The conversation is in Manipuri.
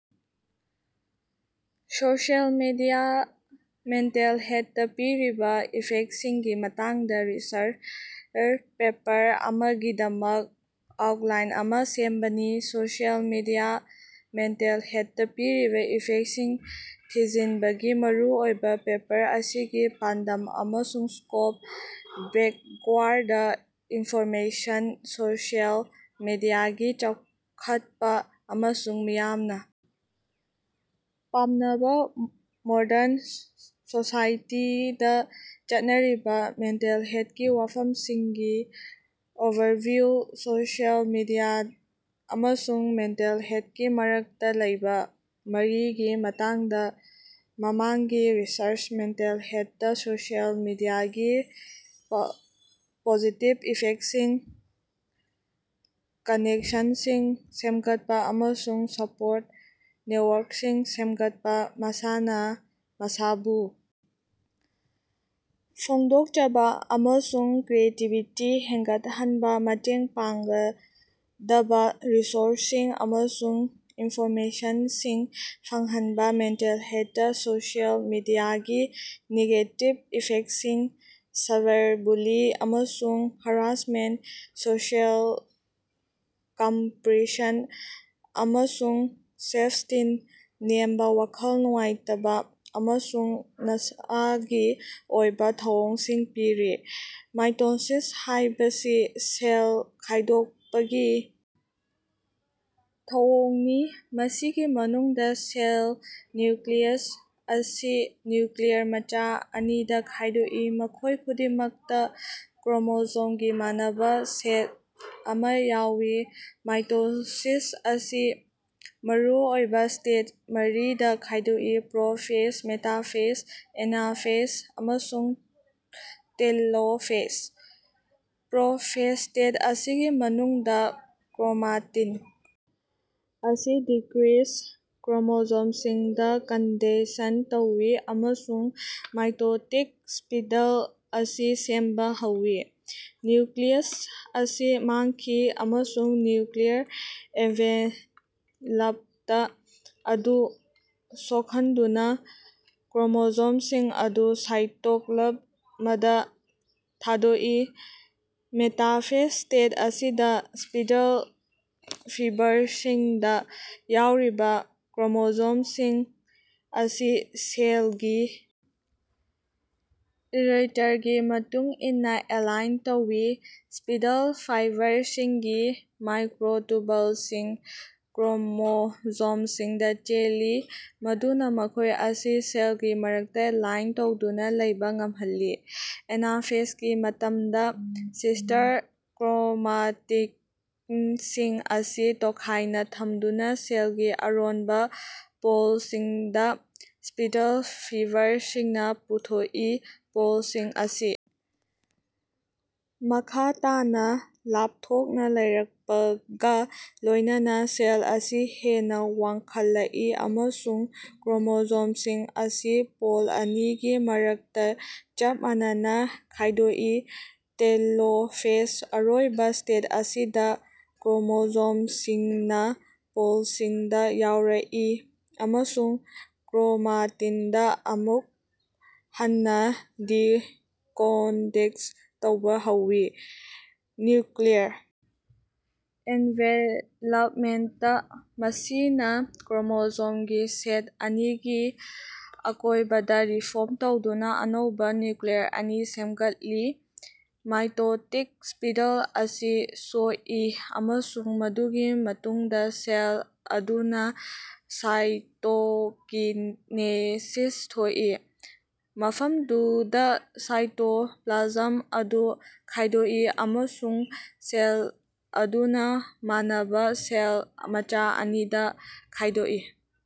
ꯁꯣꯁꯤꯑꯦꯜ ꯃꯤꯗꯤꯌꯥ ꯃꯦꯟꯇꯦꯜ ꯍꯦꯠꯇꯥ ꯄꯤꯔꯤꯕꯥ ꯏꯐꯦꯛꯁꯤꯡꯒꯤ ꯃꯇꯥꯡꯗꯥ ꯔꯤꯁꯔꯆ ꯄꯦꯄꯔ ꯑꯃꯒꯤꯗꯃꯛ ꯑꯥꯎꯠꯂꯥꯏꯟ ꯑꯃꯥ ꯁꯦꯝꯕꯥꯅꯤ꯫ ꯁꯣꯁꯤꯑꯦꯜ ꯃꯤꯗꯤꯌꯥꯅ ꯃꯦꯟꯇꯦꯜ ꯍꯦꯜꯇꯥ ꯄꯤꯔꯤꯕꯥ ꯏꯐꯦꯛꯁꯤꯡ ꯊꯤꯖꯤꯟꯕꯒꯤ ꯃꯔꯨꯑꯣꯏꯕꯥ ꯄꯦꯄꯔ ꯑꯁꯤꯒꯤ ꯄꯥꯟꯗꯝ ꯑꯃꯁꯨꯡ ꯁ꯭ꯀꯣꯞ, ꯕꯦꯛꯒ꯭ꯔꯥꯎꯟꯗ ꯏꯟꯐꯣꯔꯃꯦꯁꯟ, ꯁꯣꯁꯤꯑꯦꯜ ꯃꯤꯗꯤꯌꯥꯒꯤ ꯆꯥꯎꯈꯠꯄꯥ ꯑꯃꯁꯨꯡ ꯃꯤꯌꯥꯝꯅꯥ ꯄꯥꯝꯅꯕꯥ ꯃꯣꯔꯗꯟ ꯁꯣꯁꯥꯏꯇꯤꯗꯥ ꯆꯠꯅꯔꯤꯕꯥ ꯃꯦꯟꯇꯦꯜ ꯍꯦꯠꯀꯤ ꯋꯥꯐꯝꯁꯤꯡꯒꯤ ꯑꯣꯚꯔꯚꯤꯌꯨ ꯁꯣꯁꯤꯑꯦꯜ ꯃꯤꯗꯤꯌꯥ ꯑꯃꯁꯨꯡ ꯃꯦꯟꯇꯦꯜ ꯍꯦꯜꯀꯤ ꯃꯔꯛꯇꯥ ꯂꯩꯕꯥ ꯃꯔꯤꯒꯤ ꯃꯇꯥꯡꯗꯥ ꯃꯃꯥꯡꯒꯤ ꯔꯤꯁꯔꯆ ꯃꯦꯟꯇꯦꯜ ꯍꯦꯠꯇꯥ ꯁꯣꯁꯤꯑꯦꯜ ꯃꯤꯗꯤꯌꯥꯒꯤ ꯄꯣꯖꯤꯇꯤꯕ ꯏꯐꯦꯛꯁꯤꯡ, ꯀꯅꯦꯛꯁꯟꯁꯤꯡ ꯁꯦꯝꯒꯠꯄꯥ ꯑꯃꯁꯨꯡ ꯁꯄꯣꯔꯠ ꯅꯦꯠꯋꯥꯔꯛꯁꯤꯡ ꯁꯦꯝꯒꯠꯄꯥ, ꯃꯁꯥꯅꯥ ꯃꯁꯥꯕꯨ ꯐꯣꯡꯗꯣꯛꯆꯕꯥ ꯑꯃꯁꯨꯡ ꯀ꯭ꯔꯤꯌꯦꯇꯤꯕꯤꯇꯤ ꯍꯦꯟꯒꯠꯍꯟꯕꯥ ꯃꯇꯦꯡ ꯄꯥꯡꯒꯗꯕꯥ ꯔꯤꯁꯣꯔꯁꯁꯤꯡ ꯑꯃꯁꯨꯡ ꯏꯟꯐꯣꯔꯃꯦꯁꯟꯁꯤꯡ ꯐꯪꯍꯟꯕꯥ ꯃꯦꯟꯇꯦꯜ ꯍꯦꯜꯇꯥ ꯁꯣꯁꯤꯑꯦꯜ ꯃꯤꯗꯤꯌꯥꯒꯤ ꯅꯦꯒꯦꯇꯤꯚ ꯏꯐꯦꯛꯁꯤꯡ ꯁꯥꯏꯕꯔꯕꯨꯂꯤꯡ ꯑꯃꯁꯨꯡ ꯍꯔꯥꯁꯃꯦꯟꯇ, ꯁꯣꯁꯤꯑꯦꯜ ꯀꯝꯄꯥꯔꯤꯁꯟ ꯑꯃꯁꯨꯡ ꯁꯦꯜꯐ-ꯁ꯭ꯇꯤꯝ ꯅꯦꯝꯕꯥ, ꯋꯥꯈꯜ ꯅꯨꯡꯉꯥꯏꯇꯕꯥ ꯑꯃꯁꯨꯡ ꯅꯁꯥꯒꯤ ꯑꯣꯏꯕꯥ ꯊꯧꯑꯣꯡꯁꯤꯡ ꯄꯤꯔꯤ꯫ ꯃꯥꯏꯇꯣꯁꯤꯁ ꯍꯥꯏꯕꯁꯤ ꯁꯦꯜ ꯈꯥꯏꯗꯣꯛꯄꯒꯤ ꯊꯧꯑꯣꯡꯅꯤ, ꯃꯁꯤꯒꯤ ꯃꯅꯨꯡꯗꯥ ꯁꯦꯜ ꯅ꯭ꯌꯨꯀ꯭ꯂꯤꯌꯁ ꯑꯁꯤ ꯅ꯭ꯌꯨꯀ꯭ꯂꯤꯌꯔ ꯃꯆꯥ ꯑꯅꯤꯗꯥ ꯈꯥꯏꯗꯣꯛꯏ, ꯃꯈꯣꯏ ꯈꯨꯗꯤꯡꯃꯛꯇꯥ ꯀ꯭ꯔꯣꯃꯣꯖꯣꯝꯒꯤ ꯃꯥꯟꯅꯕꯥ ꯁꯦꯠ ꯑꯃꯥ ꯌꯥꯎꯏ꯫ ꯃꯥꯏꯇꯣꯁꯤꯁ ꯑꯁꯤ ꯃꯔꯨꯑꯣꯏꯕꯥ ꯁ꯭ꯇꯦꯖ ꯃꯔꯤꯗꯥ ꯈꯥꯏꯗꯣꯛꯏ: ꯄ꯭ꯔꯣꯐꯦꯖ, ꯃꯦꯇꯥꯐꯦꯖ, ꯑꯦꯅꯥꯐꯦꯖ ꯑꯃꯁꯨꯡ ꯇꯦꯂꯣꯐꯦꯖ꯫ ꯄ꯭ꯔꯣꯐꯦꯖ ꯁ꯭ꯇꯦꯖ ꯑꯁꯤꯒꯤ ꯃꯅꯨꯡꯗꯥ ꯀ꯭ꯔꯣꯃꯥꯇꯤꯟ ꯑꯁꯤ ꯗꯤꯀ꯭ꯔꯤꯁ ꯀ꯭ꯔꯣꯃꯣꯖꯣꯝꯁꯤꯡꯗꯥ ꯀꯟꯗꯦꯟꯁꯟ ꯇꯧꯏ ꯑꯃꯁꯨꯡ ꯃꯥꯏꯇꯣꯇꯤꯛ ꯁ꯭ꯄꯤꯟꯗꯜ ꯑꯁꯤ ꯁꯦꯝꯕꯥ ꯍꯧꯏ꯫ ꯅ꯭ꯌꯨꯀ꯭ꯂꯤꯌꯁ ꯑꯁꯤ ꯃꯥꯡꯈꯤ, ꯑꯃꯁꯨꯡ ꯅ꯭ꯌꯨꯀ꯭ꯂꯤꯌꯔ ꯑꯦꯟꯚꯦꯂꯞꯃꯦꯟꯇ ꯑꯗꯨ ꯁꯣꯛꯍꯟꯗꯨꯅꯥ ꯀ꯭ꯔꯣꯃꯣꯖꯣꯝꯁꯤꯡ ꯑꯗꯨ ꯁꯥꯏꯇꯣꯞꯂꯥꯖ ꯃꯗꯥ ꯊꯥꯗꯣꯛꯏ꯫ ꯃꯦꯇꯥꯐꯦꯖ ꯁ꯭ꯇꯦꯖ ꯑꯁꯤꯗꯥ, ꯁ꯭ꯄꯤꯟꯗꯜ ꯐꯤꯕꯔꯁꯤꯡꯗꯥ ꯌꯥꯎꯔꯤꯕꯥ ꯀ꯭ꯔꯣꯃꯣꯖꯣꯝꯁꯤꯡ ꯑꯁꯤ ꯁꯦꯜꯒꯤ ꯏ꯭ꯌꯨꯔꯦꯇꯔꯒꯤ ꯃꯇꯨꯡꯏꯟꯅꯥ ꯑꯦꯂꯥꯏꯟ ꯇꯧꯏ꯫ ꯁ꯭ꯄꯤꯟꯗꯜ ꯐꯥꯏꯕꯔꯁꯤꯡꯒꯤ ꯃꯥꯏꯀ꯭ꯔꯣꯇꯨꯕꯜꯁꯤꯡꯅꯥ ꯀ꯭ꯔꯣꯃꯣꯖꯣꯃꯁꯤꯡꯗꯥ ꯆꯦꯜꯂꯤ, ꯃꯗꯨꯅꯥ ꯃꯈꯣꯏ ꯑꯁꯤ ꯁꯦꯜꯒꯤ ꯃꯔꯛꯇꯥ ꯂꯥꯏꯟ ꯇꯧꯗꯨꯅꯥ ꯂꯩꯕꯥ ꯉꯝꯍꯜꯂꯤ꯫ ꯑꯦꯅꯥꯐꯦꯖꯒꯤ ꯃꯇꯝꯗꯥ, ꯁꯤꯁꯇꯔ ꯀ꯭ꯔꯣꯃꯥꯇꯤꯠꯁꯤꯡ ꯑꯁꯤ ꯇꯣꯈꯥꯏꯅꯥ ꯊꯝꯗꯨꯅꯥ ꯁꯦꯜꯒꯤ ꯑꯔꯣꯟꯕꯥ ꯄꯣꯜꯁꯤꯡꯗꯥ ꯁ꯭ꯄꯤꯟꯗꯜ ꯐꯤꯕꯔꯁꯤꯡꯅꯥ ꯄꯨꯊꯣꯛꯏ꯫ ꯄꯣꯜꯁꯤꯡ ꯑꯁꯤ ꯃꯈꯥ ꯇꯥꯅꯥ ꯂꯥꯞꯊꯣꯛꯅꯥ ꯂꯩꯔꯛꯄꯒꯥ ꯂꯣꯏꯅꯅꯥ ꯁꯦꯜ ꯑꯁꯤ ꯍꯦꯟꯅꯥ ꯋꯥꯡꯈꯠꯂꯛꯏ, ꯑꯃꯁꯨꯡ ꯀ꯭ꯔꯣꯃꯣꯖꯣꯝꯁꯤꯡ ꯑꯁꯤ ꯄꯣꯜ ꯑꯅꯤꯒꯤ ꯃꯔꯛꯇꯥ ꯆꯞ ꯃꯥꯟꯅꯅꯥ ꯈꯥꯏꯗꯣꯛꯏ꯫ ꯇꯦꯂꯣꯐꯦꯖ ꯑꯔꯣꯏꯕꯥ ꯁ꯭ꯇꯦꯖ ꯑꯁꯤꯗꯥ ꯀ꯭ꯔꯣꯃꯣꯖꯣꯝꯁꯤꯡꯅꯥ ꯄꯣꯜꯁꯤꯡꯗꯥ ꯌꯧꯔꯛꯏ ꯑꯃꯁꯨꯡ ꯀ꯭ꯔꯣꯃꯥꯇꯤꯟꯗꯥ ꯑꯃꯨꯛ ꯍꯟꯅꯥ ꯗꯤꯀꯣꯟꯗꯦꯟꯁ ꯇꯧꯕꯥ ꯍꯧꯏ꯫ ꯅ꯭ꯌꯨꯀ꯭ꯂꯤꯌꯔ ꯑꯦꯟꯚꯦꯂꯞꯃꯦꯟꯇ ꯑꯁꯤꯅꯥ ꯀ꯭ꯔꯣꯃꯣꯖꯣꯝꯒꯤ ꯁꯦꯠ ꯑꯅꯤꯒꯤ ꯑꯀꯣꯏꯕꯗꯥ ꯔꯤꯐꯣꯝ ꯇꯧꯗꯨꯅꯥ ꯑꯅꯧꯕꯥ ꯅ꯭ꯌꯨꯀ꯭ꯂꯤꯌꯔ ꯑꯅꯤ ꯁꯦꯝꯒꯠꯂꯤ꯫ ꯃꯥꯏꯇꯣꯇꯤꯛ ꯁ꯭ꯄꯤꯟꯗꯜ ꯑꯁꯤ ꯁꯣꯛꯏ ꯑꯃꯁꯨꯡ ꯃꯗꯨꯒꯤ ꯃꯇꯨꯡꯗꯥ ꯁꯦꯜ ꯑꯗꯨꯅꯥ ꯁꯥꯏꯇꯣꯀꯤꯅꯦꯁꯤꯁ ꯊꯣꯛꯏ, ꯃꯐꯝꯗꯨꯗꯥ ꯁꯥꯏꯇꯣꯄ꯭ꯂꯥꯖꯝ ꯑꯗꯨ ꯈꯥꯏꯗꯣꯛꯏ ꯑꯃꯁꯨꯡ ꯁꯦꯜ ꯑꯗꯨꯅꯥ ꯃꯥꯟꯅꯕꯥ ꯁꯦꯜ ꯃꯆꯥ ꯑꯅꯤꯗꯥ ꯈꯥꯏꯗꯣꯛꯏ꯫